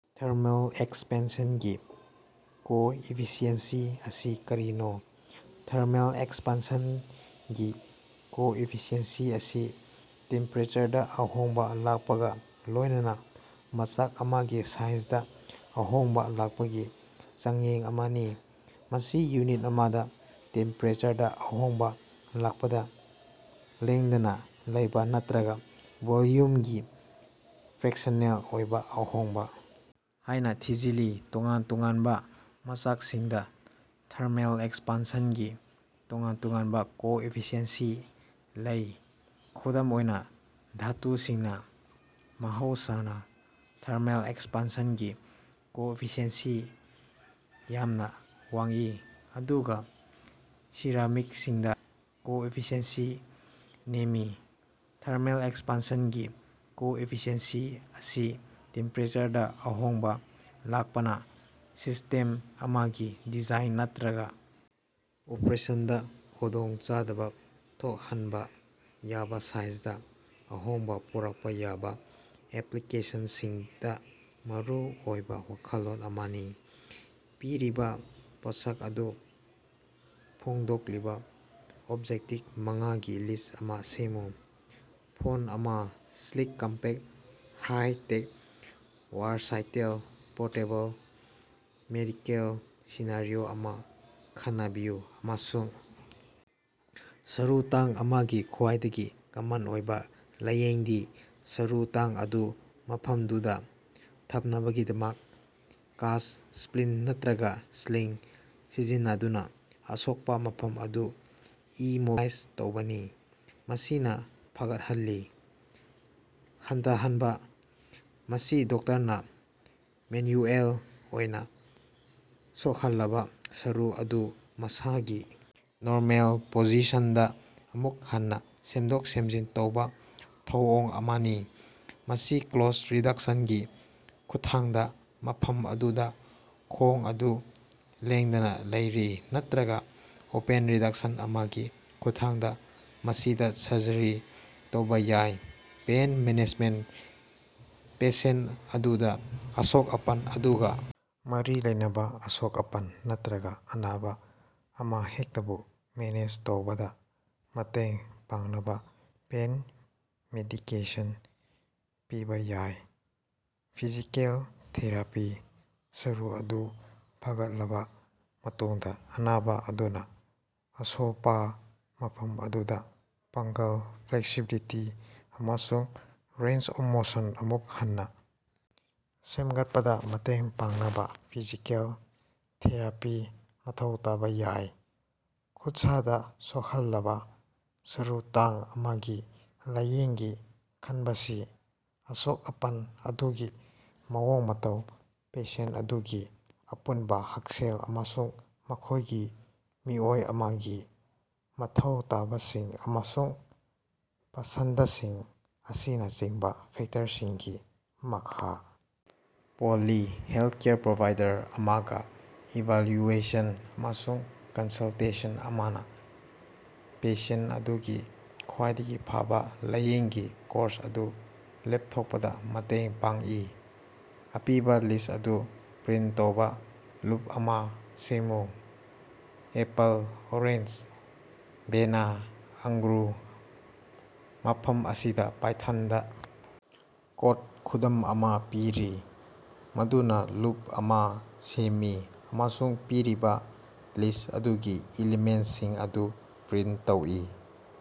Thermal ꯑꯦꯛꯁꯄꯥꯟꯁꯟꯒꯤ coefficient ꯑꯁꯤ ꯀꯔꯤꯅꯣ? ꯊꯔꯃꯦꯜ ꯑꯦꯛꯁꯄꯥꯟꯁꯟꯒꯤ ꯀꯣꯏꯐꯤꯁꯤꯑꯦꯟꯁꯤ ꯑꯁꯤ ꯇꯦꯝꯄꯦꯔꯦꯆꯔꯗ ꯑꯍꯣꯡꯕ ꯂꯥꯛꯄꯒ ꯂꯣꯏꯅꯅ ꯃꯆꯥꯛ ꯑꯃꯒꯤ ꯁꯥꯏꯖꯗ ꯑꯍꯣꯡꯕ ꯂꯥꯛꯄꯒꯤ ꯆꯥꯡꯌꯦꯡ ꯑꯃꯅꯤ꯫ ꯃꯁꯤ ꯌꯨꯅꯤꯠ ꯑꯃꯗ ꯇꯦꯝꯄꯦꯔꯦꯆꯔꯗ ꯑꯍꯣꯡꯕ ꯂꯥꯛꯄꯗ ꯂꯦꯡꯗꯅ ꯂꯩꯕ ꯅꯠꯇ꯭ꯔꯒ ꯚꯣꯜꯌꯨꯝꯒꯤ ꯐ꯭ꯔꯦꯛꯁꯅꯦꯜ ꯑꯣꯏꯕ ꯑꯍꯣꯡꯕ ꯍꯥꯏꯅ ꯊꯤꯖꯤꯜꯂꯤ꯫ ꯇꯣꯉꯥꯟ-ꯇꯣꯉꯥꯟꯕ ꯃꯆꯥꯛꯁꯤꯡꯗ ꯊꯔꯃꯦꯜ ꯑꯦꯛꯁꯄꯥꯟꯁꯟꯒꯤ ꯇꯣꯉꯥꯟ-ꯇꯣꯉꯥꯟꯕ ꯀꯣꯏꯐꯤꯁꯤꯑꯦꯟꯁꯤ ꯂꯩ꯫ ꯈꯨꯗꯝ ꯑꯣꯏꯅ ꯙꯥꯇꯨꯁꯤꯡꯅ ꯃꯍꯧꯁꯥꯅ ꯊꯔꯃꯦꯜ ꯑꯦꯛꯁꯄꯥꯟꯁꯟꯒꯤ ꯀꯣꯏꯐꯤꯁꯤꯑꯦꯟꯁꯤ ꯌꯥꯝꯅ ꯋꯥꯡꯏ ꯑꯗꯨꯒ ꯁꯦꯔꯥꯃꯤꯛꯁꯤꯡꯗ ꯀꯣꯏꯐꯤꯁꯤꯑꯦꯟꯁꯤ ꯅꯦꯝꯃꯤ꯫ ꯊꯔꯃꯦꯜ ꯑꯦꯛꯁꯄꯥꯟꯁꯟꯒꯤ ꯀꯣꯏꯐꯤꯁꯤꯑꯦꯟꯁꯤ ꯑꯁꯤ ꯇꯦꯝꯄꯦꯔꯦꯆꯔꯗ ꯑꯍꯣꯡꯕ ꯂꯥꯛꯄꯅ ꯁꯤꯁꯇꯦꯝ ꯑꯃꯒꯤ ꯗꯤꯖꯥꯏꯟ ꯅꯠꯇ꯭ꯔꯒ ꯑꯣꯄꯔꯦꯁꯟꯗ ꯈꯨꯗꯣꯡꯆꯥꯗꯕ ꯊꯣꯛꯍꯟꯕ ꯌꯥꯕ ꯁꯥꯏꯖꯗ ꯑꯍꯣꯡꯕ ꯄꯨꯔꯛꯄ ꯌꯥꯕ ꯑꯦꯄ꯭ꯂꯤꯀꯦꯁꯟꯁꯤꯡꯗ ꯃꯔꯨꯑꯣꯏꯕ ꯋꯥꯈꯜꯂꯣꯟ ꯑꯃꯅꯤ꯫ ꯄꯤꯔꯤꯕ ꯄꯣꯠꯁꯛ ꯑꯗꯨ ꯐꯣꯡꯗꯣꯛꯂꯤꯕ ꯑꯦꯖꯦꯛꯇꯤꯚ ꯃꯉꯥꯒꯤ ꯂꯤꯁ꯭ꯠ ꯑꯃ ꯁꯦꯝꯃꯨ꯫ ꯐꯣꯟ ꯑꯃ꯫ Sleek compact high tech versatile portable. Medical scenario ꯑꯃ ꯈꯟꯅꯕꯤꯌꯨ ꯑꯃꯁꯨꯡ ꯁꯔꯨ ꯇꯥꯡ ꯑꯃꯒꯤ ꯈ꯭ꯋꯥꯏꯗꯒꯤ ꯀꯃꯟ ꯑꯣꯏꯕ ꯂꯥꯏꯌꯦꯡꯗꯤ, ꯁꯔꯨ ꯇꯥꯡ ꯑꯗꯨ ꯃꯐꯝꯗꯨꯗ ꯊꯝꯅꯕꯒꯤꯗꯃꯛ ꯀꯥꯁ꯭ꯠ, ꯁ꯭ꯄꯂꯤꯟꯇ ꯅꯠꯇ꯭ꯔꯒ ꯁ꯭ꯂꯤꯡ ꯁꯤꯖꯤꯟꯅꯗꯨꯅ ꯑꯁꯣꯛꯄ ꯃꯐꯝ ꯑꯗꯨ ꯏꯃꯣꯕꯤꯂꯥꯏꯖ ꯇꯧꯕꯅꯤ꯫ ꯃꯁꯤꯅ ꯐꯒꯠꯍꯜꯂꯤ꯫ ꯍꯟꯊꯍꯟꯕ: ꯃꯁꯤ ꯗꯣꯛꯇꯔꯅ ꯃꯦꯟꯌꯨꯑꯦꯜ ꯑꯣꯏꯅ ꯁꯣꯛꯍꯜꯂꯕ ꯁꯔꯨ ꯑꯗꯨ ꯃꯁꯥꯒꯤ ꯅꯣꯔꯃꯦꯜ ꯄꯣꯖꯤꯁꯟꯗ ꯑꯃꯨꯛ ꯍꯟꯅ ꯁꯦꯝꯗꯣꯛ-ꯁꯦꯝꯖꯤꯟ ꯇꯧꯕ ꯊꯧꯑꯣꯡ ꯑꯃꯅꯤ꯫ ꯃꯁꯤ ꯀ꯭ꯂꯣꯖꯗ ꯔꯤꯗꯛꯁꯟꯒꯤ ꯈꯨꯠꯊꯥꯡꯗ ꯃꯐꯝ ꯑꯗꯨꯗ ꯈꯣꯡ ꯑꯗꯨ ꯂꯦꯡꯗꯅ ꯂꯩꯔꯤ ꯅꯠꯇ꯭ꯔꯒ ꯑꯣꯄꯟ ꯔꯤꯗꯛꯁꯟ ꯑꯃꯒꯤ ꯈꯨꯠꯊꯥꯡꯗ ꯃꯁꯤꯗ ꯁꯔꯖꯔꯤ ꯇꯧꯕ ꯌꯥꯏ꯫ ꯄꯦꯟ ꯃꯦꯅꯦꯖꯃꯦꯟꯇ: ꯄꯦꯁꯦꯟꯇ ꯑꯗꯨꯗ ꯑꯁꯣꯛ-ꯑꯄꯟ ꯑꯗꯨꯒ ꯃꯔꯤ ꯂꯩꯅꯕ ꯑꯁꯣꯛ-ꯑꯄꯟ ꯅꯠꯇ꯭ꯔꯒ ꯑꯅꯥꯕ ꯑꯃꯍꯦꯛꯇꯕꯨ ꯃꯦꯅꯦꯖ ꯇꯧꯕꯗ ꯃꯇꯦꯡ ꯄꯥꯡꯅꯕ ꯄꯦꯟ ꯃꯦꯗꯤꯀꯦꯁꯟ ꯄꯤꯕ ꯌꯥꯏ꯫ ꯐꯤꯖꯤꯀꯦꯜ ꯊꯦꯔꯥꯄꯤ: ꯁꯔꯨ ꯑꯗꯨ ꯐꯒꯠꯂꯕ ꯃꯇꯨꯡꯗ, ꯑꯅꯥꯕ ꯑꯗꯨꯅ ꯑꯁꯣꯜꯄ ꯃꯐꯝ ꯑꯗꯨꯗ ꯄꯥꯡꯒꯜ, ꯐ꯭ꯂꯦꯛꯁꯤꯕꯤꯂꯤꯇꯤ ꯑꯃꯁꯨꯡ ꯔꯦꯟꯖ ꯑꯣꯐ ꯃꯣꯁꯟ ꯑꯃꯨꯛ ꯍꯟꯅ ꯁꯦꯝꯒꯠꯄꯗ ꯃꯇꯦꯡ ꯄꯥꯡꯅꯕ ꯐꯤꯖꯤꯀꯦꯜ ꯊꯦꯔꯥꯄꯤ ꯃꯊꯧ ꯇꯥꯕ ꯌꯥꯏ꯫ ꯈꯨꯠꯁꯥꯗ ꯁꯣꯛꯍꯜꯂꯕ ꯁꯔꯨ ꯇꯥꯡ ꯑꯃꯒꯤ ꯂꯥꯏꯌꯦꯡꯒꯤ ꯈꯟꯕꯁꯤ ꯑꯁꯣꯛ-ꯑꯄꯟ ꯑꯗꯨꯒꯤ ꯃꯑꯣꯡ-ꯃꯇꯧ, ꯄꯦꯁꯦꯟꯇ ꯑꯗꯨꯒꯤ ꯑꯄꯨꯟꯕ ꯍꯛꯁꯦꯜ ꯑꯃꯁꯨꯡ ꯃꯈꯣꯢꯒꯤ ꯃꯤꯑꯣꯏ ꯑꯃꯒꯤ ꯃꯊꯧ ꯇꯥꯕꯁꯤꯡ ꯑꯃꯁꯨꯡ ꯄꯁꯟꯗꯁꯤꯡ ꯑꯁꯤꯅꯆꯤꯡꯕ ꯐꯦꯛꯇꯔꯁꯤꯡꯒꯤ ꯃꯈꯥ ꯄꯣꯜꯂꯤ꯫ ꯍꯦꯜꯊꯀꯦꯌꯔ ꯄ꯭ꯔꯣꯚꯥꯏꯗꯔ ꯑꯃꯒ ꯏꯚꯥꯜꯌꯨꯑꯦꯁꯟ ꯑꯃꯁꯨꯡ ꯀꯟꯁꯂꯇꯦꯁꯟ ꯑꯃꯅ ꯄꯦꯁꯦꯟꯇ ꯑꯗꯨꯒꯤ ꯈ꯭ꯋꯥꯏꯗꯒꯤ ꯐꯕ ꯂꯥꯏꯌꯦꯡꯒꯤ ꯀꯣꯔꯁ ꯑꯗꯨ ꯂꯦꯞꯊꯣꯛꯄꯗ ꯃꯇꯦꯡ ꯄꯥꯡꯏ꯫ ꯑꯄꯤꯕ ꯂꯤꯁ꯭ꯠ ꯑꯗꯨ ꯄ꯭ꯔꯤꯟꯇ ꯇꯧꯕ ꯂꯨꯞ ꯑꯃ ꯁꯦꯝꯃꯨ꯫ ꯑꯦꯄꯜ, ꯑꯣꯔꯦꯟꯖ, ꯕꯦꯅꯥ, ꯑꯪꯒ꯭ꯔꯨ꯫ ꯃꯐꯝ ꯑꯁꯤꯗ ꯄꯥꯏꯊꯣꯟꯗ ꯀꯣꯗ ꯈꯨꯗꯝ ꯑꯃ ꯄꯤꯔꯤ ꯃꯗꯨꯅ ꯂꯨꯞ ꯑꯃ ꯁꯦꯝꯃꯤ ꯑꯃꯁꯨꯡ ꯄꯤꯔꯤꯕ ꯂꯤꯁ꯭ꯠ ꯑꯗꯨꯒꯤ ꯑꯦꯂꯤꯃꯦꯟꯇꯁꯤꯡ ꯑꯗꯨ ꯄ꯭ꯔꯤꯟꯇ ꯇꯧꯏ꯫